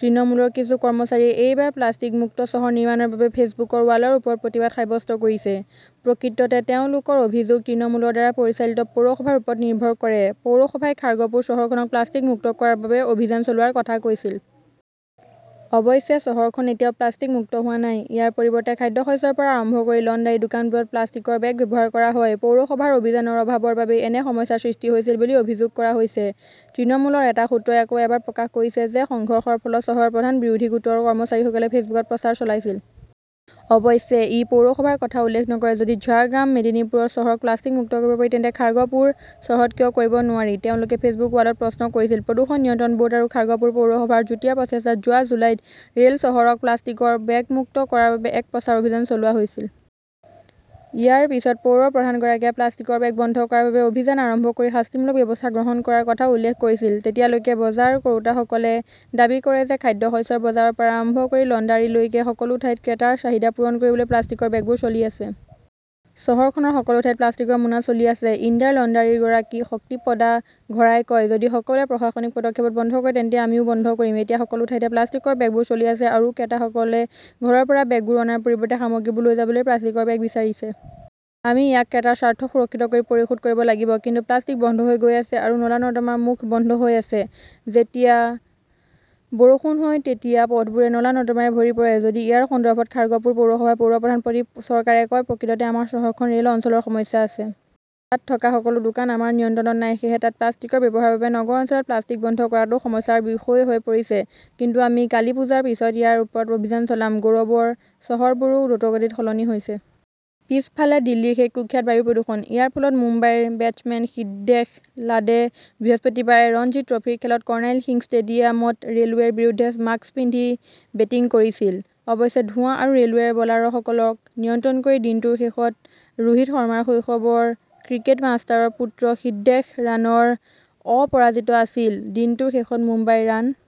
তৃণমূলৰ কিছু কৰ্মচাৰীয়ে এইবাৰ প্লাষ্টিক মুক্ত চহৰ নিৰ্মাণৰ বাবে ফেচবুকৰ ৱালৰ ওপৰত প্ৰতিবাদ সাব্যস্ত কৰিছে। প্ৰকৃততে তেওঁলোকৰ অভিযোগ তৃণমূলৰ দ্বাৰা পৰিচালিত পৌৰসভাৰ ওপৰত নিৰ্ভৰ কৰে। পৌৰসভাই খাৰ্গপুৰ চহৰখনক প্লাষ্টিক মুক্ত কৰাৰ বাবে অভিযান চলোৱাৰ কথা কৈছিল। অৱশ্যে চহৰখন এতিয়াও প্লাষ্টিক মুক্ত হোৱা নাই। ইয়াৰ পৰিৱৰ্তে, খাদ্যশস্যৰ পৰা আৰম্ভ কৰি লণ্ডাৰী, দোকানবোৰত প্লাষ্টিকৰ বেগ ব্যৱহাৰ কৰা হয়। পৌৰসভাৰ অভিযানৰ অভাৱৰ বাবেই এনে সমস্যাৰ সৃষ্টি হৈছিল বুলি অভিযোগ কৰা হৈছে। তৃণমূলৰ এটা সূত্ৰই আকৌ এবাৰ প্ৰকাশ কৰিছে যে, সংঘৰ্ষৰ ফলত চহৰ প্ৰধানৰ বিৰোধী গোটৰ কৰ্মচাৰীসকলে ফেচবুকত প্ৰচাৰ চলাইছিল। অৱশ্যে ই পৌৰসভাৰ কথা উল্লেখ নকৰে। "যদি ঝাৰগ্ৰাম, মেদিনীপুৰ চহৰক প্লাষ্টিক মুক্ত কৰিব পাৰি, তেন্তে খাৰ্গপুৰ চহৰত কিয় কৰিব নোৱাৰি?", তেওঁলোকে ফেচবুকৰ ৱালত প্ৰশ্ন কৰিছিল। "প্ৰদূষণ নিয়ন্ত্ৰণ বৰ্ড আৰু খাৰ্গপুৰ পৌৰসভাৰ যুটীয়া প্ৰচেষ্টাত যোৱা জুলাইত ৰেল চহৰক প্লাষ্টিকৰ বেগ মুক্ত কৰাৰ বাবে এক প্ৰচাৰ অভিযান চলোৱা হৈছিল। ইয়াৰ পিছত পৌৰ প্ৰধানগৰাকীয়ে প্লাষ্টিকৰ বেগ বন্ধ কৰাৰ বাবে অভিযান আৰম্ভ কৰি শাস্তিমূলক ব্যৱস্থা গ্ৰহণ কৰাৰ কথাও উল্লেখ কৰিছিল তেতিয়ালৈকে। বজাৰ কৰোঁতাসকলে দাবী কৰে যে খাদ্যশস্যৰ বজাৰৰ পৰা আৰম্ভ কৰি লণ্ডাৰীলৈকে সকলো ঠাইতে ক্ৰেতাৰ চাহিদা পূৰণ কৰিবলৈ প্লাষ্টিকৰ বেগবোৰ চলি আছে। "চহৰখনৰ সকলো ঠাইতে প্লাষ্টিকৰ মোনা চলি আছে", ইণ্ডাৰ লণ্ডাৰীৰ গৰাকী শক্তিপদা ঘৰাই কয়। যদি সকলোৱে প্ৰশাসনিক পদক্ষেপত বন্ধ কৰে, তেন্তে আমিও বন্ধ কৰিম। এতিয়া সকলো ঠাইতে প্লাষ্টিকৰ বেগবোৰ চলি আছে আৰু ক্ৰেতাসকলে ঘৰৰ পৰা বেগবোৰ অনাৰ পৰিৱৰ্তে সামগ্ৰীবোৰ লৈ যাবলৈ প্লাষ্টিকৰ বেগ বিচাৰিছে। আমি ইয়াক ক্ৰেতাৰ স্বাৰ্থ সুৰক্ষিত কৰি পৰিশোধ কৰিব লাগিব। "কিন্তু প্লাষ্টিক বন্ধ হৈ গৈ আছে আৰু নলা-নৰ্দমাৰ মুখ বন্ধ হৈ আছে। যেতিয়া বৰষুণ হয়, তেতিয়া পথবোৰে নলা-নৰ্দমাৰে ভৰি পৰে। যদিও ইয়াৰ সন্দৰ্ভত খাৰ্গপুৰ পৌৰসভাৰ পৌৰপ্ৰধান প্ৰদীপ চৰকাৰে কয়, "প্ৰকৃততে আমাৰ চহৰখনত ৰেল অঞ্চলৰ সমস্যা আছে। তাত থকা সকলো দোকান আমাৰ নিয়ন্ত্ৰণত নাই। সেয়েহে তাত প্লাষ্টিকৰ ব্যৱহাৰৰ বাবে নগৰ অঞ্চলত প্লাষ্টিক বন্ধ কৰাটোও সমস্যাৰ বিষয় হৈ পৰিছে। কিন্তু আমি কালীপুজাৰ পিছত ইয়াৰ ওপৰত অভিযান চলাম"। গৌৰৱৰ চহৰবোৰো দ্ৰুতগতিত সলনি হৈছে। পিছফালে দিল্লীৰ সেই কুখ্যাত বায়ু প্ৰদূষণ। ইয়াৰ ফলত মুম্বাইৰ বেটছমেন সিদ্ধেশ লাডে বৃহস্পতিবাৰে ৰঞ্জী ট্ৰফীৰ খেলত কৰ্ণাইল সিং ষ্টেডিয়ামত ৰেলৱেৰ বিৰুদ্ধে মাস্ক পিন্ধি বেটিং কৰিছিল। অৱশ্যে, ধোঁৱা আৰু ৰেলৱেৰ বলাৰসকলক নিয়ন্ত্ৰণ কৰি, দিনটোৰ শেষত ৰোহিত শৰ্মাৰ শৈশৱৰ ক্ৰিকেট-মাষ্টাৰৰ পুত্ৰ সিদ্ধেশ ৰানত অপৰাজিত আছিল। দিনটোৰ শেষত মুম্বাইৰ ৰান।